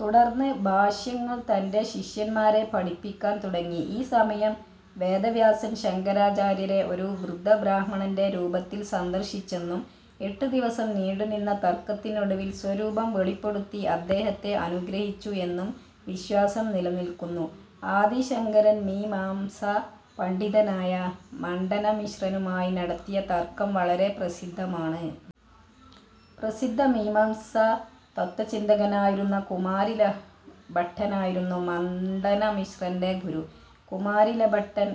തുടർന്ന് ഭാഷ്യങ്ങൾ തന്റെ ശിഷ്യന്മാരെ പഠിപ്പിക്കാൻ തുടങ്ങി. ഈ സമയം, വേദവ്യാസൻ ശങ്കരാചാര്യരെ ഒരു വൃദ്ധബ്രാഹ്മണന്റെ രൂപത്തിൽ സന്ദർശിച്ചെന്നും എട്ടു ദിവസം നീണ്ടു നിന്ന തർക്കത്തിനൊടുവിൽ സ്വരൂപം വെളിപ്പെടുത്തി അദ്ദേഹത്തെ അനുഗ്രഹിച്ചു എന്നും വിശ്വാസം നിലനിൽക്കുന്നു. ആദി ശങ്കരൻ മീമാംസാ പണ്ഡിതനായ മണ്ഡനമിശ്രനുമായി നടത്തിയ തർക്കം വളരെ പ്രസിദ്ധമാണ്. പ്രസിദ്ധ മീമാംസാ തത്ത്വചിന്തകനായിരുന്ന കുമാരിലഭട്ടനായിരുന്നു മണ്ഡനമിശ്രന്റെ ഗുരു. കുമാരിലഭട്ടൻ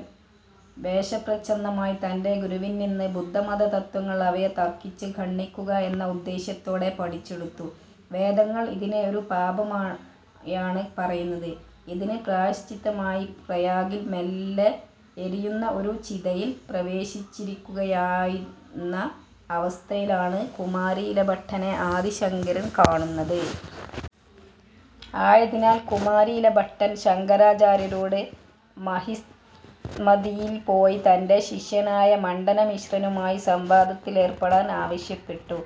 വേഷപ്രച്ഛന്നനായി തന്റെ ഗുരുവിൽ നിന്ന് ബുദ്ധമതതത്ത്വങ്ങൾ അവയെ തർക്കിച്ച് ഖണ്ഡിക്കുക എന്ന ഉദ്ദേശ്യത്തോടെ പഠിച്ചെടുത്തു. വേദങ്ങൾ ഇതിനെ ഒരു പാപമായാണ് പറയുന്നത്. ഇതിന് പ്രായശ്ചിത്തമായി പ്രയാഗിൽ മെല്ലെ എരിയുന്ന ഒരു ചിതയിൽ പ്രവേശിച്ചിരിക്കുകയായിരുന്ന അവസ്ഥയിലാണ് കുമാരിലഭട്ടനെ ആദി ശങ്കരൻ കാണുന്നത്. ആയതിനാൽ കുമാരിലഭട്ടൻ ശങ്കരാചാര്യരോട് മഹിസ്മതിയിൽ പോയി തന്റെ ശിഷ്യനായ മണ്ഡനമിശ്രനുമായി സംവാദത്തിലേർപ്പെടാൻ ആവശ്യപ്പെട്ടു.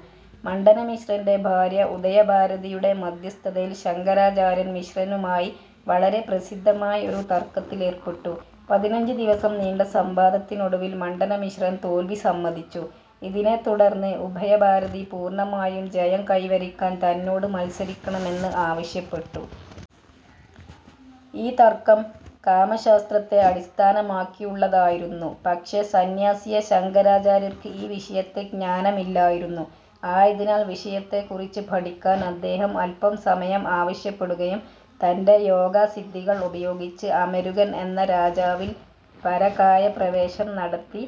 മണ്ഡനമിശ്രന്റെ ഭാര്യ ഉഭയ ഭാരതിയുടെ മദ്ധ്യസ്ഥതയിൽ ശങ്കരാചാര്യർ മിശ്രനുമായി വളരെ പ്രസിദ്ധമായ ഒരു തർക്കത്തിലേർപ്പെട്ടു. പതിനഞ്ച് ദിവസം നീണ്ട സംവാദത്തിനൊടുവിൽ മണ്ഡനമിശ്രൻ തോൽവി സമ്മതിച്ചു. ഇതിനെ തുടർന്ന് ഉഭയ ഭാരതി പൂർണ്ണമായും ജയം കൈവരിയ്ക്കാൻ തന്നോട് മത്സരിയ്ക്കണമെന്ന് ആവശ്യപ്പെട്ടു. ഈ തർക്കം കാമശാസ്ത്രത്തെ അടിസ്ഥാനമാക്കിയുള്ളതായിരുന്നു. പക്ഷേ സന്ന്യാസിയായ ശങ്കരാചാര്യർക്ക് ഈ വിഷയത്തിൽ ജ്ഞാനമില്ലായിരുന്നു. ആയതിനാൽ വിഷയത്തെക്കുറിച്ച് പഠിക്കാൻ അദ്ദേഹം അല്പം സമയം ആവശ്യപ്പെടുകയും തന്റെ യോഗ സിദ്ധികൾ ഉപയോഗിച്ച് അമരുകൻ എന്ന രാജാവിൽ പരകായപ്രവേശം നടത്തി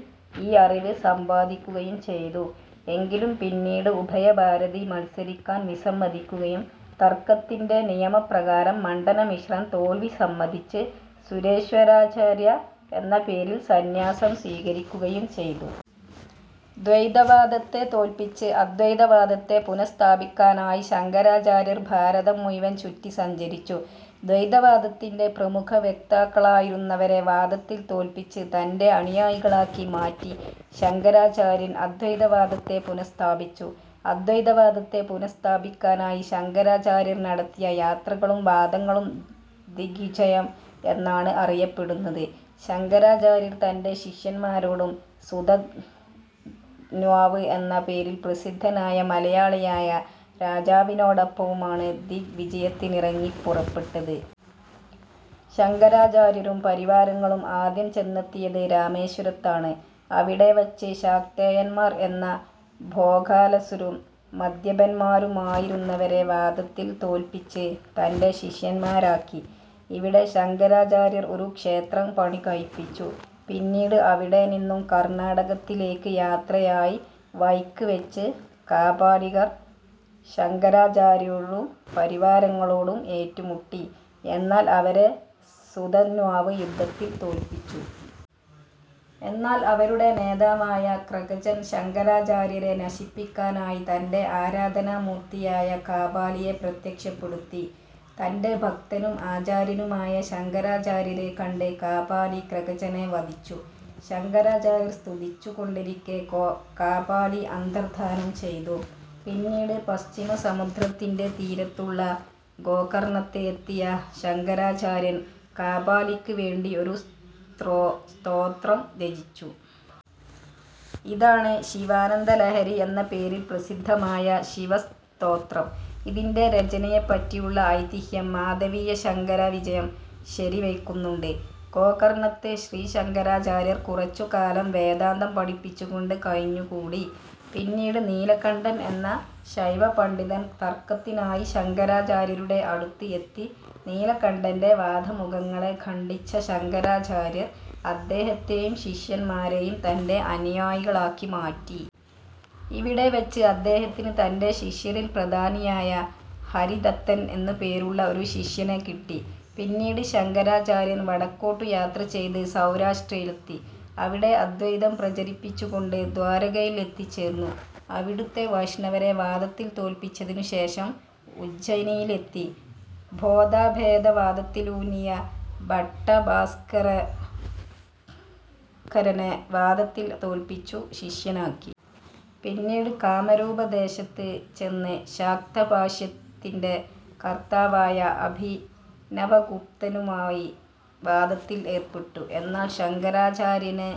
ഈ അറിവ് സമ്പാദിക്കുകയും ചെയ്തു. എങ്കിലും പിന്നീട് ഉഭയ ഭാരതി മത്സരിക്കാൻ വിസമ്മതിക്കുകയും തർക്കത്തിന്റെ നിയമ പ്രകാരം മണ്ഡനമിശ്രൻ തോൽവി സമ്മതിച്ച് സുരേശ്വരാചാര്യ എന്ന പേരിൽ സന്യാസം സ്വീകരിക്കുകയും ചെയ്തു. ദ്വൈതവാദത്തെ തോൽപ്പിച്ച് അദ്വൈത വാദത്തെ പുനഃസ്ഥാപിക്കാനായി ശങ്കരാചാര്യർ ഭാരതം മുഴുവൻ ചുറ്റി സഞ്ചരിച്ചു. ദ്വൈതവാദത്തിന്റെ പ്രമുഖവക്താക്കളായിരുന്നവരെ വാദത്തിൽ തോൽപ്പിച്ച് തന്റെ അനുയായികളാക്കി മാറ്റി ശങ്കരാചാര്യൻ അദ്വൈതവാദത്തെ പുനഃസ്ഥാപിച്ചു. അദ്വൈതവാദത്തെ പുനഃസ്ഥാപിക്കാനായി ശങ്കരാചാര്യർ നടത്തിയ യാത്രകളും വാദങ്ങളും ദിഗ്വിജയം എന്നാണ് അറിയപ്പെടുന്നത്. ശങ്കരാചാര്യർ തന്റെ ശിഷ്യൻമാരോടും സുധന്വാവ് എന്ന പേരിൽ പ്രസിദ്ധനായ മലയാളിയായ രാജാവിനോടൊപ്പവുമാണ് ദിഗ് വിജയത്തിനിറങ്ങിപ്പുറപ്പെട്ടത്. ശങ്കരാചാര്യരും പരിവാരങ്ങളും ആദ്യം ചെന്നെത്തിയത് രാമേശ്വരത്താണ്. അവിടെ വച്ച് ശാക്തേയൻമാർ എന്ന ഭോഗാലസരും മദ്യപൻമാരുമായിരുന്നവരെ വാദത്തിൽ തോൽപ്പിച്ച് തന്റെ ശിഷ്യൻമാരാക്കി. ഇവിടെ ശങ്കരാചാര്യർ ഒരു ക്ഷേത്രം പണികഴിപ്പിച്ചു. പിന്നീട് അവിടെ നിന്ന് കർണ്ണാടകത്തിലേയ്ക്ക് യാത്രയായി വഴിയ്ക്ക് വച്ച് കാപാലികർ ശങ്കരാചാര്യരോടും പരിവാരങ്ങളോടും ഏറ്റുമുട്ടി. എന്നാൽ അവരെ സുധന്വാവ് യുദ്ധത്തിൽ തോൽപ്പിച്ചു. എന്നാൽ അവരുടെ നേതാവായ ക്രകചൻ ശങ്കരാചാര്യരെ നശിപ്പിക്കാനായി തന്റെ ആരാധനാ മൂർത്തിയായ കാപാലിയെ പ്രത്യക്ഷപ്പെടുത്തി. തന്റെ ഭക്തനും ആചാര്യനുമായ ശങ്കരാചാര്യരെ കണ്ട് കാപാലി ക്രകചനെ വധിച്ചു. ശങ്കരാചാര്യർ സ്തുതിച്ചു കൊണ്ടിരിക്കേ കാപാലി അന്തർധാനം ചെയ്തു. പിന്നീട് പശ്ചിമ സമുദ്രത്തിന്റെ തീരത്തുള്ള ഗോകർണ്ണത്ത് എത്തിയ ശങ്കരാചാര്യൻ കാപാലിയ്ക്ക് വേണ്ടി ഒരു സ്തോത്രം രചിച്ചു. ഇതാണ് ശിവാനന്ദലഹരി എന്ന പേരിൽ പ്രസിദ്ധമായ ശിവസ്തോത്രം. ഇതിന്റെ രചനയെപ്പറ്റിയുള്ള ഐതിഹ്യം മാധവീയശങ്കരവിജയം ശരിവയ്ക്കുന്നുണ്ട്. ഗോകർണ്ണത്ത് ശ്രീശങ്കരാചാര്യൻ കുറച്ചു കാലം വേദാന്തം പഠിപ്പിച്ചു കൊണ്ട് കഴിഞ്ഞുകൂടി. പിന്നീട് നീലകണ്ഠൻ എന്ന ശൈവപണ്ഡിതൻ തർക്കത്തിനായി ശങ്കരാചാര്യരുടെ അടുത്ത് എത്തി നീലകണ്ഠന്റെ വാദമുഖങ്ങളെ ഖണ്ഡിച്ച ശങ്കരാചാര്യർ അദ്ദേഹത്തെയും ശിഷ്യൻമാരെയും തന്റെ അനുയായികളാക്കി മാറ്റി. ഇവിടെവച്ച് അദ്ദേഹത്തിന് തന്റെ ശിഷ്യരിൽ പ്രധാനിയായ ഹരിദത്തൻ എന്നു പേരുള്ള ഒരു ശിഷ്യനെ കിട്ടി. പിന്നീട് ശങ്കരാചാര്യൻ വടക്കോട്ടു യാത്ര ചെയ്ത് സൗരാഷ്ട്രയിലെത്തി. അവിടെ അദ്വൈതം പ്രചരിപ്പിച്ചു കൊണ്ട് ദ്വാരകയിൽ എത്തിച്ചേർന്നു. അവിടുള്ള വൈഷ്ണവരെ വാദത്തിൽ തോൽപ്പിച്ചതിനു ശേഷം ഉജ്ജയിനിയിലെത്തി ഭോദാഭേദവാദത്തിലൂന്നിയ ഭട്ടഭാസ്ക്കരകനെ വാദത്തിൽ തോൽപ്പിച്ചു ശിഷ്യനാക്കി. പിന്നീട് കാമരൂപദേശത്ത് ചെന്ന് ശാക്തഭാഷ്യത്തിന്റെ കർത്താവായ അഭിനവഗുപ്തനുമായി വാദത്തിൽ ഏർപ്പെട്ടു. എന്നാൽ ശങ്കരാചാര്യനെ